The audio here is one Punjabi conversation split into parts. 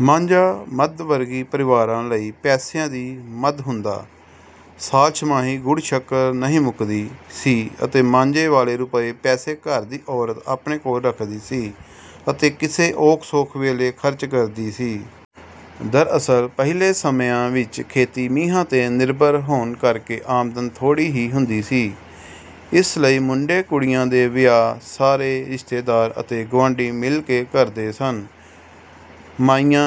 ਮਾਂਜਾ ਮੱਧ-ਵਰਗੀ ਪਰਿਵਾਰਾਂ ਲਈ ਪੈਸਿਆਂ ਦੀ ਮਦ ਹੁੰਦਾ। ਸਾਲ ਛਿਮਾਹੀ ਗੁੜ ਸ਼ੱਕਰ ਨਹੀਂ ਮੁੱਕਦੀ ਸੀ ਅਤੇ ਮਾਂਜੇ ਵਾਲੇ ਰੁਪਏ ਪੈਸੇ ਘਰ ਦੀ ਔਰਤ ਆਪਣੇ ਕੋਲ ਰੱਖਦੀ ਸੀ ਅਤੇ ਕਿਸੇ ਔਖ ਸੌਖ ਵੇਲੇ ਖਰਚ ਕਰਦੀ ਸੀ। ਦਰਅਸਲ ਪਹਿਲੇ ਸਮਿਆਂ ਵਿੱਚ ਖੇਤੀ ਮੀਂਹਾਂ ਤੇ ਨਿਰਭਰ ਹੋਣ ਕਰਕੇ ਆਮਦਨ ਥੋੜ੍ਹੀ ਹੀ ਹੁੰਦੀ ਸੀ। ਇਸ ਲਈ ਮੁੰਡੇ ਕੁੜੀਆਂ ਦੇ ਵਿਆਹ ਸਾਰੇ ਰਿਸ਼ਤੇਦਾਰ ਅਤੇ ਗੁਆਂਢੀ ਮਿਲ ਕੇ ਕਰਦੇ ਸਨ। ਮਾਈਆਂ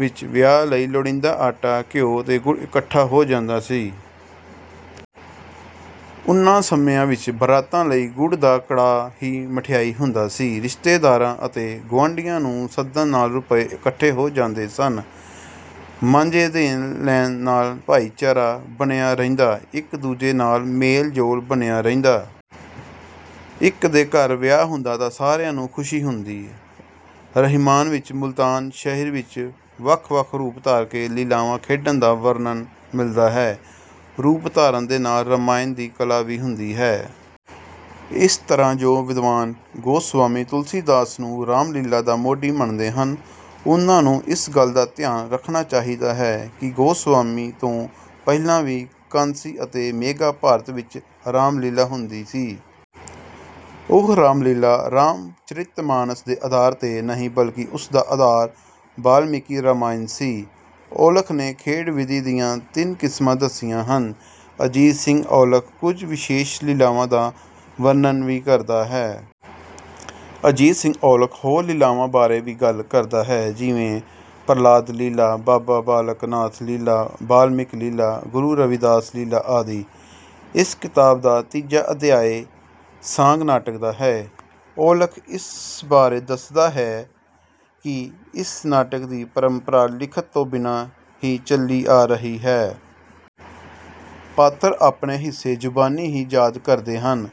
ਵਿੱਚ ਵਿਆਹ ਲਈ ਲੋੜੀਂਦਾ ਆਟਾ, ਘਿਉ ਤੇ ਗੁੜ ਇਕੱਠਾ ਹੋ ਜਾਂਦਾ ਸੀ। ਉਨ੍ਹਾਂ ਸਮਿਆਂ ਵਿੱਚ ਬਰਾਤਾਂ ਲਈ ਗੁੜ ਦਾ ਕੜਾਹ ਹੀ ਮਠਿਆਈ ਹੁੰਦਾ ਸੀ। ਰਿਸ਼ਤੇਦਾਰਾਂ ਅਤੇ ਗੁਆਂਢੀਆਂ ਨੂੰ ਸੱਦਣ ਨਾਲ ਰੁਪਏ ਇਕੱਠੇ ਹੋ ਜਾਂਦੇ ਸਨ। ਮਾਂਜੇ ਦੇਣ ਲੈਣ ਨਾਲ ਭਾਈਚਾਰਾ ਬਣਿਆ ਰਹਿੰਦਾ, ਇੱਕ ਦੂਜੇ ਨਾਲ ਮੇਲ-ਜੋਲ ਬਣਿਆ ਰਹਿੰਦਾ। ਇੱਕ ਦੇ ਘਰ ਵਿਆਹ ਹੁੰਦਾ ਤਾਂ ਸਾਰਿਆਂ ਨੂੰ ਖੁਸ਼ੀ ਹੁੰਦੀ। ਰਹਿਮਾਨ ਵਿੱਚ ਮੁਲਤਾਨ ਸ਼ਹਿਰ ਵਿੱਚ ਵੱਖ ਵੱਖ ਰੂਪ ਧਾਰ ਕੇ ਲੀਲਾਵਾਂ ਖੇਡਣ ਦਾ ਵਰਣਨ ਮਿਲਦਾ ਹੈ। ਰੂਪ ਧਾਰਨ ਦੇ ਨਾਲ ਰਾਮਾਇਣ ਦੀ ਕਲਾ ਵੀ ਹੁੰਦੀ ਹੈ। ਇਸ ਤਰ੍ਹਾਂ ਜੋ ਵਿਦਵਾਨ ਗੋਸਵਾਮੀ ਤੁਲਸੀ ਦਾਸ ਨੂੰ ਰਾਮ ਲੀਲਾ ਦਾ ਮੋਢੀ ਮੰਨਦੇ ਹਨ, ਉਨ੍ਹਾਂ ਨੂੰ ਇਸ ਗੱਲ ਦਾ ਧਿਆਨ ਰੱਖਣਾ ਚਾਹੀਦਾ ਹੈ ਕਿ ਗੋਸਵਾਮੀ ਤੋਂ ਪਹਿਲਾਂ ਵੀ ਕਾਂਸੀ ਅਤੇ ਮੇਘਾ ਭਾਰਤ ਵਿੱਚ ਰਾਮ ਲੀਲਾ ਹੁੰਦੀ ਸੀ। ਉਹ ਰਾਮਲੀਲਾ, ਰਾਮ ਚਰਿਤ ਮਾਨਸ ਦੇ ਆਧਾਰ ਤੇ ਨਹੀਂ ਬਲਕਿ ਉਸ ਦਾ ਆਧਾਰ ਬਾਲਮੀਕੀ ਰਾਮਾਇਣ ਸੀ। ਔਲਖ ਨੇ ਖੇਡ ਵਿਧੀ ਦੀਆਂ ਤਿੰਨ ਕਿਸਮਾਂ ਦੱਸੀਆਂ ਹਨ। ਅਜੀਤ ਸਿੰਘ ਔਲਖ ਕੁਝ ਵਿਸ਼ੇਸ਼ ਲੀਲਾਵਾਂ ਦਾ ਵਰਣਨ ਵੀ ਕਰਦਾ ਹੈ। ਅਜੀਤ ਸਿੰਘ ਔਲਖ ਹੋਰ ਲੀਲਾਵਾਂ ਬਾਰੇ ਵੀ ਗੱਲ ਕਰਦਾ ਹੈ। ਜਿਵੇਂ ਪ੍ਰਲਾਦ ਲੀਲਾ, ਬਾਬਾ ਬਾਲਕ ਨਾਥ ਲੀਲਾ, ਬਾਲਮੀਕ ਲੀਲਾ, ਗੁਰੂ ਰਵਿਦਾਸ ਲੀਲਾ ਆਦਿ। ਇਸ ਕਿਤਾਬ ਦਾ ਤੀਜਾ ਅਧਿਆਇ ਸਾਂਗ ਨਾਟਕ ਦਾ ਹੈ। ਔਲਖ ਇਸ ਬਾਰੇ ਦੱਸਦਾ ਹੈ ਕਿ ਇਸ ਨਾਟਕ ਦੀ ਪਰੰਪਰਾ ਲਿਖਤ ਤੋਂ ਬਿਨਾਂ ਹੀ ਚਲੀ ਆ ਰਹੀ ਹੈ। ਪਾਤਰ ਆਪਣੇ ਹਿੱਸੇ ਜ਼ੁਬਾਨੀ ਹੀ ਯਾਦ ਕਰਦੇ ਹਨ।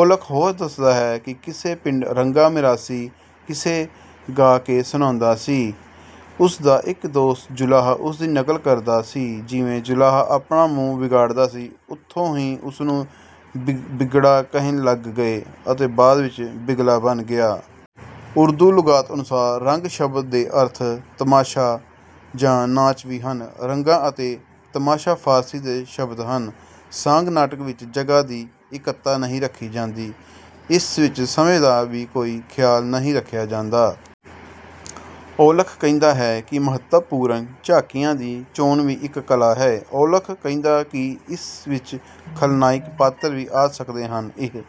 ਔਲਖ ਹੋਰ ਦੱਸਦਾ ਹੈ ਕਿ ਕਿਸੇ ਪਿੰਡ ਰੰਗਾ ਮਿਰਾਸੀ ਕਿੱਸੇ ਗਾ ਕੇ ਸੁਣਾਉਂਦਾ ਸੀ। ਉਸਦਾ ਇੱਕ ਦੋਸਤ ਜੁਲਾਹਾ ਉਸਦੀ ਨਕਲ ਕਰਦਾ ਸੀ। ਜਿਵੇਂ ਜੁਲਾਹਾ ਆਪਣਾ ਮੂੰਹ ਵਿਗਾੜਦਾ ਸੀ, ਉਥੋਂ ਹੀ ਉਸਨੂੰ ਬਿਗੜਾ ਕਹਿਣ ਲੱਗ ਗਏ ਅਤੇ ਬਾਅਦ ਵਿੱਚ ਬਿਗਲਾ ਬਣ ਗਿਆ। ਉਰਦੂ ਲੁਗਾਤ ਅਨੁਸਾਰ ਰੰਗ ਸ਼ਬਦ ਦੇ ਅਰਥ ਤਮਾਸ਼ਾ ਜਾਂ ਨਾਚ ਵੀ ਹਨ। ਰੰਗਾ ਅਤੇ ਤਮਾਸ਼ਾ ਫਾਰਸੀ ਦੇ ਸ਼ਬਦ ਹਨ। ਸਾਂਗ ਨਾਟਕ ਵਿੱਚ ਜਗ੍ਹਾ ਦੀ ਇੱਕਤਾ ਨਹੀਂ ਰੱਖੀ ਜਾਂਦੀ। ਇਸ ਵਿੱਚ ਸਮੇਂ ਦਾ ਵੀ ਕੋਈ ਖਿਆਲ ਨਹੀਂ ਰੱਖਿਆ ਜਾਂਦਾ। ਔਲਖ ਕਹਿੰਦਾ ਹੈ ਕਿ ਮਹੱਤਵਪੂਰਨ ਝਾਕੀਆਂ ਦੀ ਚੋਣ ਵੀ ਇੱਕ ਕਲਾ ਹੈ। ਔਲਖ ਕਹਿੰਦਾ ਕਿ ਇਸ ਵਿੱਚ ਖਲਨਾਇਕ ਪਾਤਰ ਵੀ ਆ ਸਕਦੇ ਹਨ। ਇਹ